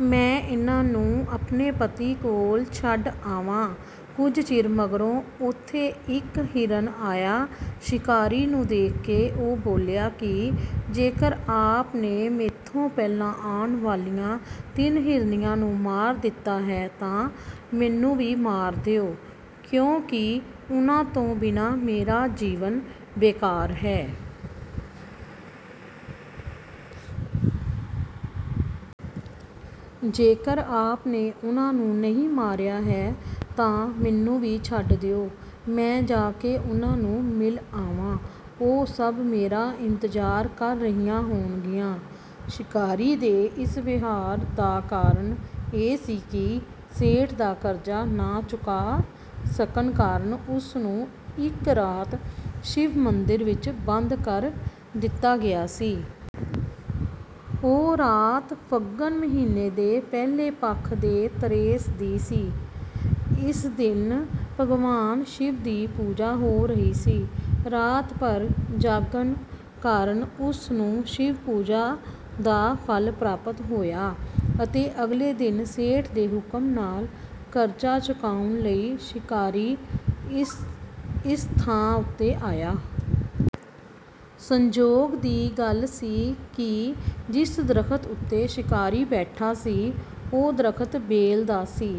ਮੈਂ ਇਨ੍ਹਾਂ ਨੂੰ ਆਪਣੇ ਪਤੀ ਕੋਲ ਛੱਡ ਆਵਾਂ। ਕੁਝ ਚਿਰ ਮਗਰੋਂ ਉਥੇ ਇੱਕ ਹਿਰਨ ਆਇਆ ਸ਼ਿਕਾਰੀ ਨੂੰ ਦੇਖ ਕੇ ਉਹ ਬੋਲਿਆ ਕਿ ਜੇਕਰ ਆਪ ਨੇ ਮੈਥੋਂ ਪਹਿਲਾਂ ਆਣ ਵਾਲੀਆਂ ਤਿੰਨ ਹਿਰਨੀਆਂ ਨੂੰ ਮਾਰ ਦਿੱਤਾ ਹੈ ਤਾਂ ਮੈਨੂੰ ਵੀ ਮਾਰ ਦਿਓ ਕਿਉਂਕਿ ਉਨ੍ਹਾਂ ਤੋਂ ਬਿਨਾਂ ਮੇਰਾ ਜੀਵਨ ਬੇਕਾਰ ਹੈ। ਜੇਕਰ ਆਪ ਨੇ ਉਨ੍ਹਾਂ ਨੂੰ ਨਹੀਂ ਮਾਰਿਆ ਹੈ ਤਾਂ ਮੈਨੂੰ ਵੀ ਛੱਡ ਦਿਓ, ਮੈਂ ਜਾ ਕੇ ਉਨ੍ਹਾਂ ਨੂੰ ਮਿਲ ਆਵਾਂ, ਉਹ ਸਭ ਮੇਰਾ ਇੰਤਜ਼ਾਰ ਕਰ ਰਹੀਆਂ ਹੋਣਗੀਆਂ। ਸ਼ਿਕਾਰੀ ਦੇ ਇਸ ਵਿਵਹਾਰ ਦਾ ਕਾਰਨ ਇਹ ਸੀ ਕਿ ਸੇਠ ਦਾ ਕਰਜ਼ਾ ਨਾ ਚੁਕਾ ਸਕਣ ਕਾਰਨ ਉਸ ਨੂੰ ਇੱਕ ਰਾਤ ਸ਼ਿਵ ਮੰਦਿਰ ਵਿੱਚ ਬੰਦ ਕਰ ਦਿੱਤਾ ਗਿਆ ਸੀ। ਉਹ ਰਾਤ ਫੱਗਣ ਮਹੀਨੇ ਦੇ ਪਹਿਲੇ ਪੱਖ ਦੀ ਤੇਰਸ ਦੀ ਸੀ। ਇਸ ਦਿਨ ਭਗਵਾਨ ਸ਼ਿਵ ਦੀ ਪੂਜਾ ਹੋ ਰਹੀ ਸੀ। ਰਾਤ ਭਰ ਜਾਗਣ ਕਾਰਨ ਉਸ ਨੂੰ ਸ਼ਿਵ ਪੂਜਾ ਦਾ ਫਲ ਪ੍ਰਾਪਤ ਹੋਇਆ ਅਤੇ ਅਗਲੇ ਦਿਨ ਸੇਠ ਦੇ ਹੁਕਮ ਨਾਲ ਕਰਜ਼ਾ ਚੁਕਾਉਣ ਲਈ ਸ਼ਿਕਾਰੀ ਇਸ ਥਾਂ ਉੱਤੇ ਆਇਆ। ਸੰਯੋਗ ਦੀ ਗੱਲ ਸੀ ਕਿ ਜਿਸ ਦਰੱਖਤ ਉੱਤੇ ਸ਼ਿਕਾਰੀ ਬੈਠਾ ਸੀ, ਉਹ ਦਰੱਖਤ ਬੇਲ ਦਾ ਸੀ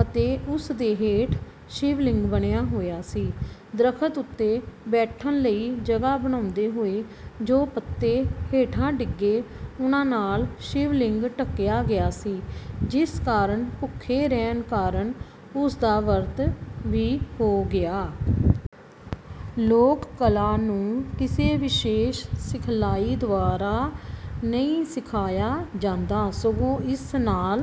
ਅਤੇ ਉਸ ਦੇ ਹੇਠ ਸ਼ਿਵਲਿੰਗ ਬਣਿਆ ਹੋਇਆ ਸੀ। ਦਰੱਖਤ ਉੱਤੇ ਬੈਠਣ ਲਈ ਜਗ੍ਹਾ ਬਣਾਉਂਦੇ ਹੋਏ ਜੋ ਪੱਤੇ ਹੇਠਾਂ ਡਿੱਗੇ, ਉਨ੍ਹਾਂ ਨਾਲ ਸ਼ਿਵਲਿੰਗ ਢਕਿਆ ਗਿਆ ਸੀ, ਜਿਸ ਕਾਰਨ ਭੁੱਖੇ ਰਹਿਣ ਕਾਰਨ ਉਸ ਦਾ ਵਰਤ ਵੀ ਹੋ ਗਿਆ। ਲੋਕ ਕਲਾ ਨੂੰ ਕਿਸੇ ਵਿਸ਼ੇਸ ਸਿਖਲਾਈ ਦੁਆਰਾ ਨਹੀਂ ਸਿੱਖਿਆ ਜਾਂਦਾ ਸਗੋਂ ਇਸ ਨਾਲ